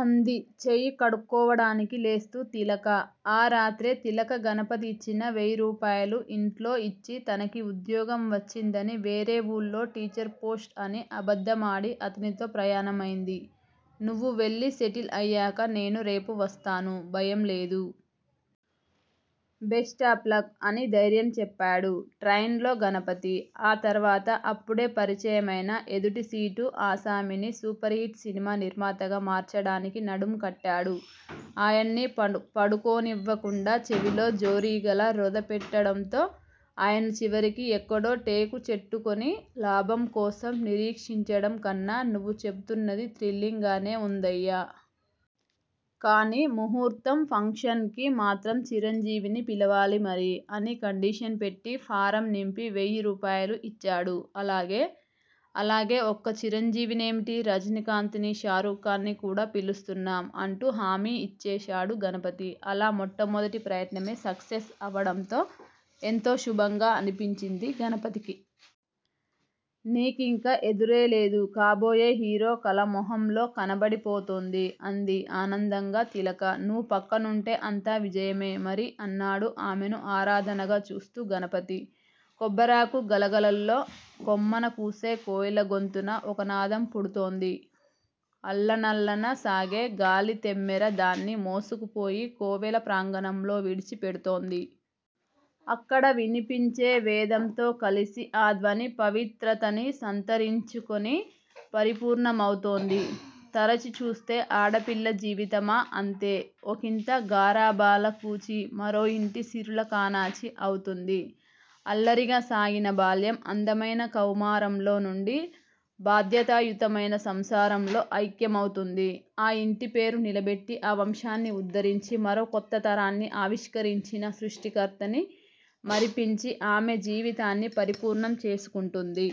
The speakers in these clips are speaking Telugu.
అంది చెయ్యి కడుక్కోవడానికి లేస్తూ తిలక. ఆ రాత్రే తిలక గణపతి ఇచ్చిన వెయ్యి రూపాయలూ ఇంట్లో ఇచ్చి తనకి ఉద్యోగం వచ్చిందనీ, వేరే వూళ్ళో టీచర్ పోస్ట్ అనీ అబద్దమాడి అతనితో ప్రయాణమైంది. నువ్వు వెళ్లి సెటిల్ అయ్యాక నేను రేపు వస్తాను. భయం లేదు. Best of luck! అని ధైర్యం చెప్పాడు ట్రైన్ లో గణపతి. ఆ తర్వాత అప్పుడే పరిచయమైన ఎదుటి సీటు ఆసామిని సూపర్ హిట్ సినిమా నిర్మాతగా మార్చడానికి నడుం కట్టాడు. ఆయన్ని పడుకోనివ్వకుండా చెవిలో జోరీగలా రొద పెట్టడంతో ఆయన చివరికి ఎక్కడో టేకు చెట్టుకొని లాభం కోసం నిరీక్షించడం కన్నా నువ్వు చెపుతున్నది థ్రిల్లింగ్ గానే ఉందయ్యా! కానీ ముహూర్తం ఫంక్షన్ కి మాత్రం చిరంజీవిని పిలవాలి మరి! అని కండీషన్ పెట్టి, ఫారం నింపి వెయ్యి రూపాయలూ ఇచ్చాడు. అలాగే అలాగే ఒక్క చిరంజీవినేమిటీ, రజనీకాంత్ నీ, షారూఖ్ ఖాన్ నీ కూడా పిలుస్తున్నాం! అంటూ హామీ ఇచ్చేశాడు గణపతి. అలా మొట్టమొదటి ప్రయత్నమే సక్సెస్ అవడంతో ఎంతో శుభంగా అనిపించింది గణపతికి. నీకింక ఎదురే లేదు! కాబోయే హీరో కళ మొహంలో కనపడిపోతోంది! అంది ఆనందంగా తిలక. నువ్వు పక్కనుంటే అంతా విజయమే మరి! అన్నాడు ఆమెను ఆరాధనగా చూస్తూ గణపతి. కొబ్బరాకు గలగలల్లో కొమ్మనకూసే కోయిల గొంతున ఒకనాధం పుడుతోంది. అల్లనల్లన సాగే గాలితెమ్మెర దాన్ని మోసుకుపోయి కోవెల ప్రాంగణంలో విడిచి పెడుతోంది. అక్కడ వినిపించే వేదంతో కలిసి ఆ ధ్వని పవిత్రతని సంతరించుకొని పరిపూర్ణమౌతోంది. తరచి చూస్తే ఆడపిల్ల జీవితమా అంతే. ఒకింత గారాబాల కూచి మరో ఇంటి సిరుల కాణాచి అవుతుంది. అల్లరిగా సాగిన బాల్యం అందమైన కౌమారంలో నుండి బాధ్యతాయుతమైన సంసారంలో ఐక్యమవుతుంది. ఆ ఇంటి పేరు నిలబెట్టి ఆ వంశాన్ని ఉద్ధరించి మరో కొత్త తరాన్ని ఆవిష్కరించిన సృష్టికర్తని మరిపించి ఆమె జీవితాన్ని పరిపూర్ణం చేసుకుంటుంది.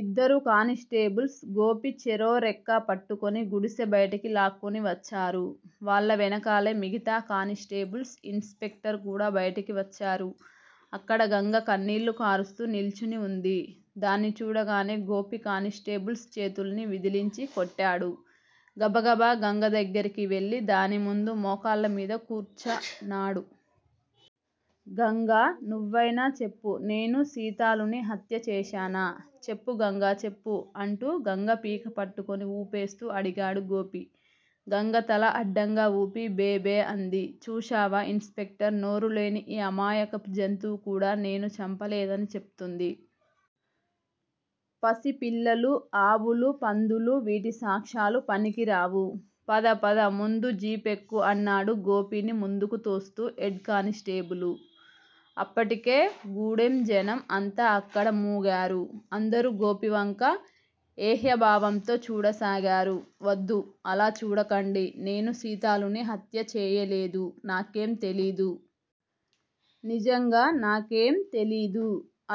ఇద్దరు కానిస్టేబుల్స్ గోపీ చెరో రెక్కా పట్టుకుని గుడిసె బయటకి లాక్కుని వచ్చారు. వాళ్ళ వెనకాలే మిగతా కానిస్టేబుల్స్, ఇన్ స్పెక్టర్ కూడా బయటికి వచ్చారు. అక్కడ గంగ కన్నీళ్ళు కారుస్తూ నిల్చుని ఉంది. దాన్ని చూడగానే గోపి కానిస్టేబుల్స్ చేతుల్ని విదిలించి కొట్టాడు. గబగబా గంగ దగ్గరకి వెళ్ళి దాని ముందు మోకాళ్ళమీద కూర్చన్నాడు. గంగా నువ్వైనా చెప్పు. నేను సీతాలుని హత్య చేశానా? చెప్పు గంగా చెప్పు అంటూ గంగ పీక పట్టుకుని ఊపేస్తూ అడిగాడు గోపి. గంగ తల అడ్డంగా ఊపి భే భే అంది. చూశావా ఇన్ స్పెక్టర్! నోరులేని ఈ అమాయకపు జంతువు కూడా నేను చంపలేదని చెప్తుంది. పసిపిల్లలూ, ఆవులూ, పందులూ, వీటి సాక్ష్యాలు పనికిరావు. పద పద ముందు జీపెక్కు అన్నాడు గోపిని ముందుకు తోస్తూ హెడ్ కానిస్టేబులు. అప్పటికే గూడెంజనం అంతా అక్కడ మూగారు. అందరూ గోపివంక ఏహ్యభావంతో చూడసాగారు. వద్దు. అలా చూడకండి. నేను సీతాలుని హత్య చెయ్యలేదు. నాకేం తెలీదు. నిజంగా నాకేం తెలీదు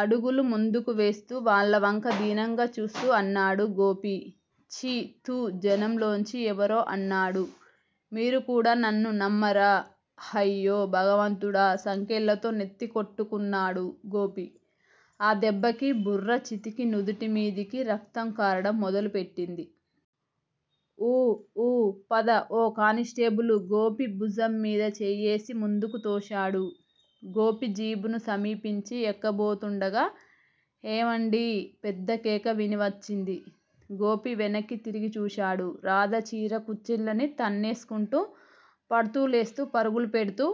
అడుగులు ముందుకు వేస్తూ వాళ్ళవంక దీనంగా చూస్తూ అన్నాడు గోపి. ఛీ థూ జనంలోంచి ఎవరో అన్నాడు. మీరు కూడా నన్ను నమ్మరా? హయ్యో భగవంతుడా సంకెళ్ళతో నెత్తి కొట్టుకున్నాడు గోపి. ఆ దెబ్బకి బుర్ర చితికి నుదుటిమీదికి రక్తం కారడం మొదలుపెట్టింది. ఊ ఊ పద ఓ కానిస్టేబులు గోపి భుజంమీద చెయ్యేసి ముందుకు తోశాడు. గోపి జీపును సమీపించి ఎక్కబోతూండగా. హేవండీ పెద్ద కేక వినవచ్చింది. గోపీ వెనక్కి తిరిగి చూశాడు. రాధ చీర కుచ్చెళ్లని తన్నేస్కుంటూ, పడ్తూ లేస్తూ పరుగులు పెడ్తూ